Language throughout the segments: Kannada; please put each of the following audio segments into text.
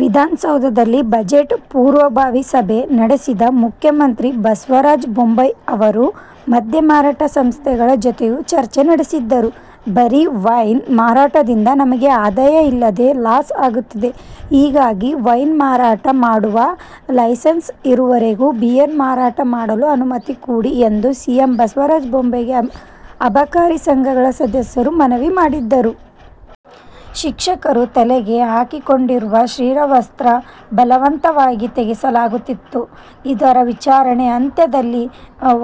ವಿಧಾನಸೌಧದಲ್ಲಿ ಬಜೆಟ್ ಪೂರ್ವಭಾವಿ ಸಭೆ ನಡೆಸಿದ ಮುಖ್ಯಮಂತ್ರಿ ಬಸವರಾಜ ಬೊಮ್ಮಾಯಿ ಅವರು ಮದ್ಯ ಮಾರಾಟ ಸಂಸ್ಥೆಗಳ ಜೊತೆಯೂ ಚರ್ಚೆ ನಡೆಸಿದರು. ಬರೀ ವೈನ್ ಮಾರಾಟದಿಂದ ನಮಗೆ ಆದಾಯ ಇಲ್ಲದೇ ಲಾಸ್ ಆಗ್ತಿದೆ. ಹೀಗಾಗಿ ವೈನ್ ಮಾರಾಟ ಮಾಡುವ ಲೈಸೆನ್ಸ್ ಇರುವವರಿಗೆ ಬಿಯರ್ ಮಾರಾಟ ಮಾಡಲು ಅನುಮತಿ ಕೊಡಿ ಎಂದು ಸಿಎಂ ಬಸವರಾಜ ಬೊಮ್ಮಯಿ ಗೆ ಅಬಕಾರಿ ಸಂಘಗಳ ಸದಸ್ಯರು ಮನವಿ ಮಾಡಿದರು. ಶಿಕ್ಷಕಿಯರು ತಲೆಗೆ ಹಾಕಿಕೊಂಡಿರುವ ಶಿರವಸ್ತ್ರವನ್ನು ಬಲವಂತವಾಗಿ ತೆಗೆಸಲಾಗುತ್ತಿದೆ ಎಂದು ವಿಚಾರಣೆಯ ಅಂತ್ಯದಲ್ಲಿ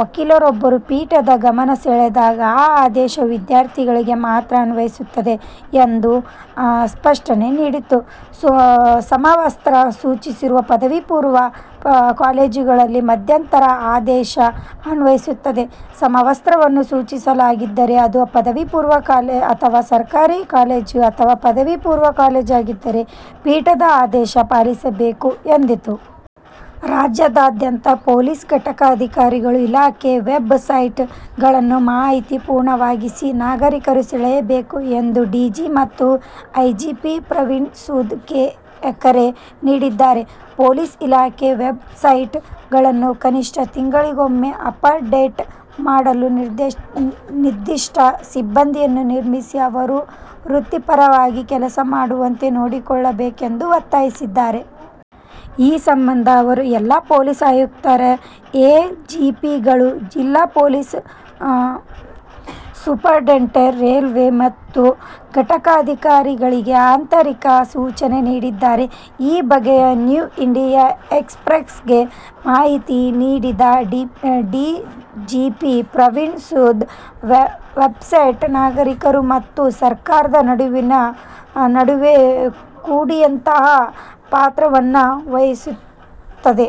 ವಕೀಲರೊಬ್ಬರು ಪೀಠದ ಗಮನಸೆಳೆದಾಗ 'ಆದೇಶವು ವಿದ್ಯಾರ್ಥಿಗಳಿಗೆ ಮಾತ್ರ ಅನ್ವಯಿಸುತ್ತದೆ' ಎಂದು ಸ್ಪಷ್ಟನೆ ನೀಡಿತು. ಸಮವಸ್ತ್ರ ಸೂಚಿಸಿರುವ ಪದವಿ ಮತ್ತು ಪದವಿ ಪೂರ್ವ ಕಾಲೇಜುಗಳಿಗೂ ಮಧ್ಯಂತರ ಆದೇಶ ಅನ್ವಯಿಸುತ್ತದೆ. 'ಸಮವಸ್ತ್ರವನ್ನು ಸೂಚಿಸಲಾಗಿದ್ದರೆ ಅದು ಪದವಿ ಕಾಲೇಜು ಅಥವಾ ಸರ್ಕಾರಿ ಕಾಲೇಜು ಅಥವಾ ಪದವಿ ಪೂರ್ವ ಕಾಲೇಜಾಗಿದ್ದರೂ ಪೀಠದ ಆದೇಶ ಪಾಲಿಸಬೇಕು' ಎಂದಿತು. ರಾಜ್ಯಾದ್ಯಂತ ಪೊಲೀಸ್ ಘಟಕ ಅಧಿಕಾರಿಗಳು ಇಲಾಖೆಯ ವೆಬ್ ಸೈಟ್ ಗಳನ್ನು ಮಾಹಿತಿ ಪೂರ್ಣವಾಗಿಸಿ ನಾಗರಿಕರನ್ನು ಸೆಳೆಯಬೇಕು ಎಂದು ಡಿಜಿ ಮತ್ತು ಐಜಿಪಿ ಪ್ರವೀಣ್ ಸೂದ್ ಕರೆ ನೀಡಿದ್ದಾರೆ. ಪೊಲೀಸ್ ಇಲಾಖೆಯ ವೆಬ್ ಸೈಟ್ ಗಳನ್ನು ಕನಿಷ್ಠ ತಿಂಗಳಿಗೊಮ್ಮೆ ಅಪ್ ಡೇಟ್ ಮಾಡಲು ನಿರ್ದಿಷ್ಟ ಸಿಬ್ಬಂದಿಯನ್ನು ನೇಮಿಸಿ ಅವರು ವೃತ್ತಿಪರರಾಗಿ ಕೆಲಸ ಮಾಡುವಂತೆ ನೋಡಿಕೊಳ್ಳಬೇಕೆಂದು ಒತ್ತಾಯಿಸಿದ್ದಾರೆ. ಈ ಸಂಬಂಧ ಅವರು ಎಲ್ಲಾ ಪೊಲೀಸ್ ಆಯುಕ್ತರು, ಐಜಿಪಿಗಳು, ಜಿಲ್ಲಾ ಪೊಲೀಸ್ ಸೂಪರಿಂಟೆಂಡೆಂಟ್, ರೈಲ್ವೆ ಮತ್ತು ಘಟಕಾಧಿಕಾರಿಗಳಿಗೆ ಆಂತರಿಕ ಸೂಚನೆ ನೀಡಿದ್ದಾರೆ. ಈ ಬಗ್ಗೆ ನ್ಯೂ ಇಂಡಿಯನ್ ಎಕ್ಸ್ ಪ್ರೆಸ್ ಗೆ ಮಾಹಿತಿ ನೀಡಿದ ಡಿಜಿಪಿ ಪ್ರವೀಣ್ ಸೂದ್, ವೆಬ್ಸೈಟ್ ನಾಗರಿಕರು ಮತ್ತು ಸರ್ಕಾರದ ನಡುವಿನ ನಡುವೆ ಕೊಂಡಿಯಂತೆ ಪಾತ್ರವನ್ನು ವಹಿಸುತ್ತದೆ.